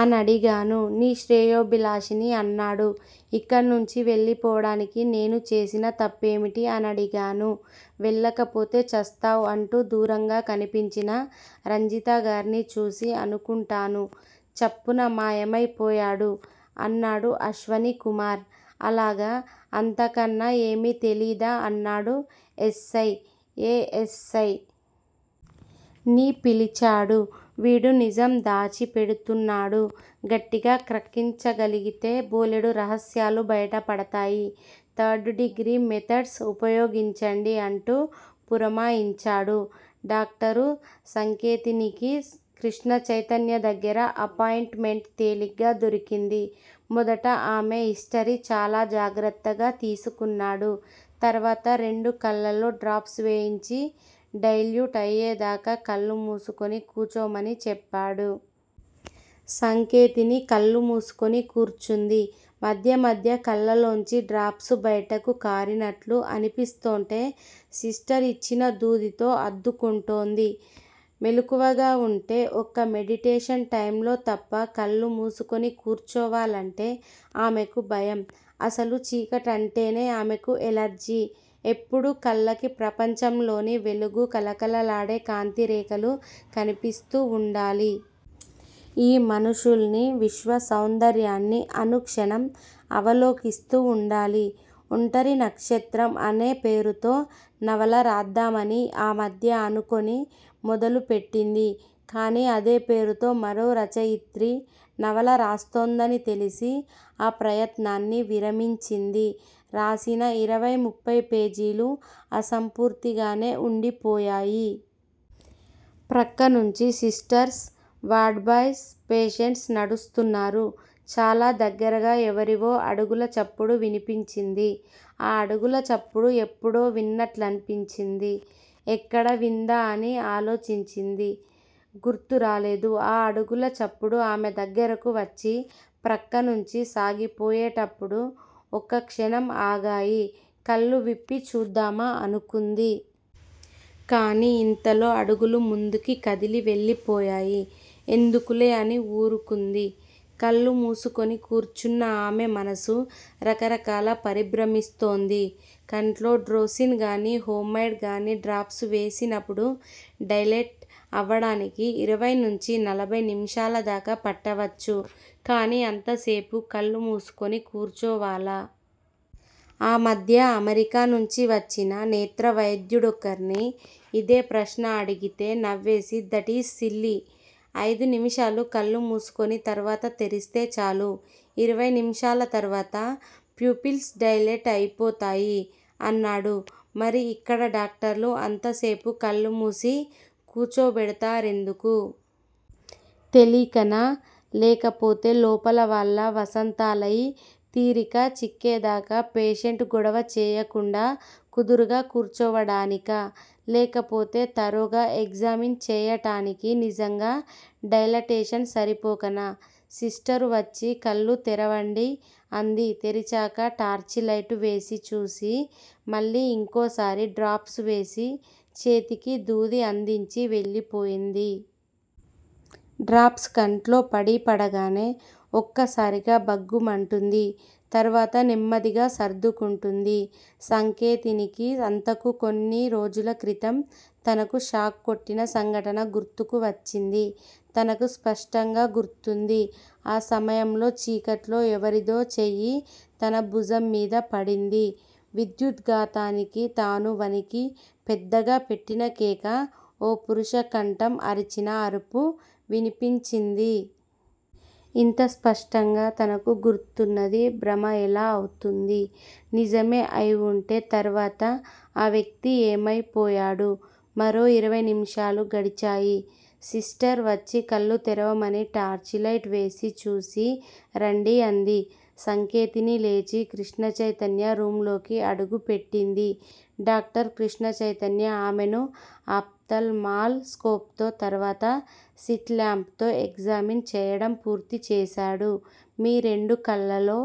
అనడిగాను. 'నీ శ్రేయోభిలాషిని' అన్నాడు. 'ఇక్కడ్నుంచి వెళ్ళిపోవటానికి నేను చేసిన తప్పేమిటి' అనడిగాను. 'వెళ్ళకపోతే చస్తావు' అంటూ దూరంగా కనిపించిన రంజితగార్ని చూసి అనుకుంటాను, చప్పున మాయమై పోయాడు అన్నాడు అశ్వనీకుమార్. అలాగా? అంతకన్నా ఏమీ తెలీదా? అన్నాడు S. I. A. S. I. ని పిలిచాడు. వీడు నిజం దాచిపెడుతున్నాడు. గట్టిగా క్రక్కించగలిగితే బోలెడు రహస్యాలు బయటపడతాయి. థర్డ్ డిగ్రీ మెథడ్స్ ఉపయోగించండి అంటూ పురమాయించాడు. డాక్టరు సంకేతినికి కృష్ణచైతన్య దగ్గర అపాయింట్ మెంట్ తేలిగ్గా దొరికింది. మొదట ఆమె హిస్టరీ చాలా జాగ్రత్తగా తీసుకున్నాడు. తర్వాత రెండు కళ్ళలో డ్రాప్స్ వేయించి డైల్యూట్ అయ్యేదాకా కళ్ళు మూసుకుని కూచోమని చెప్పాడు. సంకేతిని కళ్ళు మూసుకుని కూర్చుంది. మధ్య మధ్య కళ్ళలోంచి డ్రాప్స్ బయటకు కారినట్లు అనిపిస్తోంటే సిస్టర్ ఇచ్చిన దూదితో అద్దుకుంటోంది. మెలకువగా ఉంటే ఒక్క మెడిటేషన్ టైములో తప్ప కళ్ళు మూసుకుని కూర్చోవాలంటే ఆమెకు భయం. అసలు చీకటంటేనే ఆమెకు ఎలర్జీ. ఎప్పుడూ కళ్ళకి ప్రపంచంలోని వెలుగూ, కళకళలాడే కాంతిరేఖలు కనిపిస్తూ ఉండాలి. ఈ మనుషుల్నీ, విశ్వసౌందర్యాన్నీ అనుక్షణం అవలోకిస్తూ ఉండాలి. 'ఒంటరి నక్షత్రం' అనే పేరుతో నవల రాద్దామని ఆ మధ్య అనుకుని మొదలుపెట్టింది. కాని, అదే పేరుతో మరో రచయిత్రి నవల రాస్తోందని తెలిసి ఆ ప్రయత్నాన్ని విరమించింది. రాసిన ఇరవై, ముప్పై పేజీలు అసంపూర్తిగానే వుండిపోయాయి. ప్రక్కనుంచి సిస్టర్సూ, వార్డుబాయ్స్, పేషెంట్స్ నడుస్తున్నారు చాలా దగ్గరగా ఎవరివో అడుగుల చప్పుడు వినిపించింది. ఆ అడుగులచప్పుడు ఎప్పుడో విన్నట్లనిపించింది. ఎక్కడ విందా అని ఆలోచించింది. గుర్తు రాలేదు. ఆ అడుగుల చప్పుడు ఆమె దగ్గరకు వచ్చి ప్రక్కనుంచి సాగిపోయేటప్పుడు ఒక్క క్షణం ఆగాయి. కళ్ళు విప్పి చూద్దామా అనుకుంది. కాని ఇంతలో అడుగులు ముందుకు కదిలి వెళ్ళిపోయాయి. ఎందుకులే అని ఊరుకుంది. కళ్ళు మూసుకొని కూర్చున్న ఆమె మనసు రకరకాల పరిభ్రమిస్తోంది. కంట్లో డ్రోసిన్ గాని, హోమైడ్ గాని డ్రాప్స్ వేసినప్పుడు డైలేట్ అవటానికి ఇరవై నుంచి నలభయి నిమిషాలదాకా పట్టవచ్చు. కానీ అంతసేపూ కళ్ళు మూసుకుని కూర్చోవాలా? ఆ మధ్య అమెరికా నుంచి వచ్చిన నేత్ర వైద్యుడొకర్ని ఇదే ప్రశ్న అడిగితే, నవ్వేసి దటీజ్ సిల్లీ! ఐదు నిమిషాలు కళ్ళు మూసుకుని తర్వాత తెరిస్తే చాలు. ఇరవై నిమిషాల తర్వాత ప్యూపిల్స్ డైలేట్ అయిపోతాయి అన్నాడు. మరి ఇక్కడ డాక్టర్లు అంతసేపు కళ్ళుమూసి కూచోబెడతారెందుకు? తెలీకనా? లేకపోతే లోపల వాళ్ళ వసంతాలయి తీరిక చిక్కేదాకా పేషెంట్ గొడవ చెయ్యకుండా, కుదురుగా కూర్చోవడానికా? లేకపోతే థరోగా ఎగ్జామిన్ చెయ్యటానికి నిజంగా డైలటేషన్ సరిపోకనా? సిస్టరు వచ్చి కళ్ళు తెరవండి అంది. తెరిచాక టార్చిలైటు వేసి చూసి, మళ్ళీ ఇంకోసారి డ్రాప్స్ వేసి చేతికి దూది అందించి వెళ్ళిపోయింది. డ్రాప్స్ కంట్లో పడీపడగానే ఒక్కసారిగా భగ్గుమంటుంది. తర్వాత నెమ్మదిగా సర్దుకుంటుంది. సంకేతినికి అంతకు కొన్నిరోజుల క్రితం తనకు షాక్ కొట్టిన సంఘటన గుర్తుకువచ్చింది. తనకు స్పష్టంగా గుర్తుంది. ఆ సమయంలో చీకట్లో ఎవరిదో చెయ్యి తన భుజంమీద పడింది. విద్యుద్ఘాతానికి తాను వణికి పెద్దగా పెట్టిన కేక ఓ పురుషకంఠం అరిచిన అరుపు వినిపించింది. ఇంత స్పష్టంగా తనకు గుర్తున్నది భ్రమ ఎలా అవుతుంది? నిజమే అయివుంటే తర్వాత ఆ వ్యక్తి ఏమైపోయాడు? మరో ఇరవై నిమిషాలు గడిచాయి. సిస్టర్ వచ్చి కళ్ళు తెరవమని టార్చిలైట్ వేసి చూసి రండి అంది. సంకేతిని లేచి కృష్ణచైతన్య రూమ్ లోకి అడుగుపెట్టింది. డాక్టర్ కృష్ణచైతన్య ఆమెను అప్ థల్ మాల్ స్కోప్ తో తర్వాత సిట్ ల్యాంప్ తో ఎగ్జామిన్ చెయ్యటం పూర్తిచేశాడు. మీ రెండు కళ్ళలో-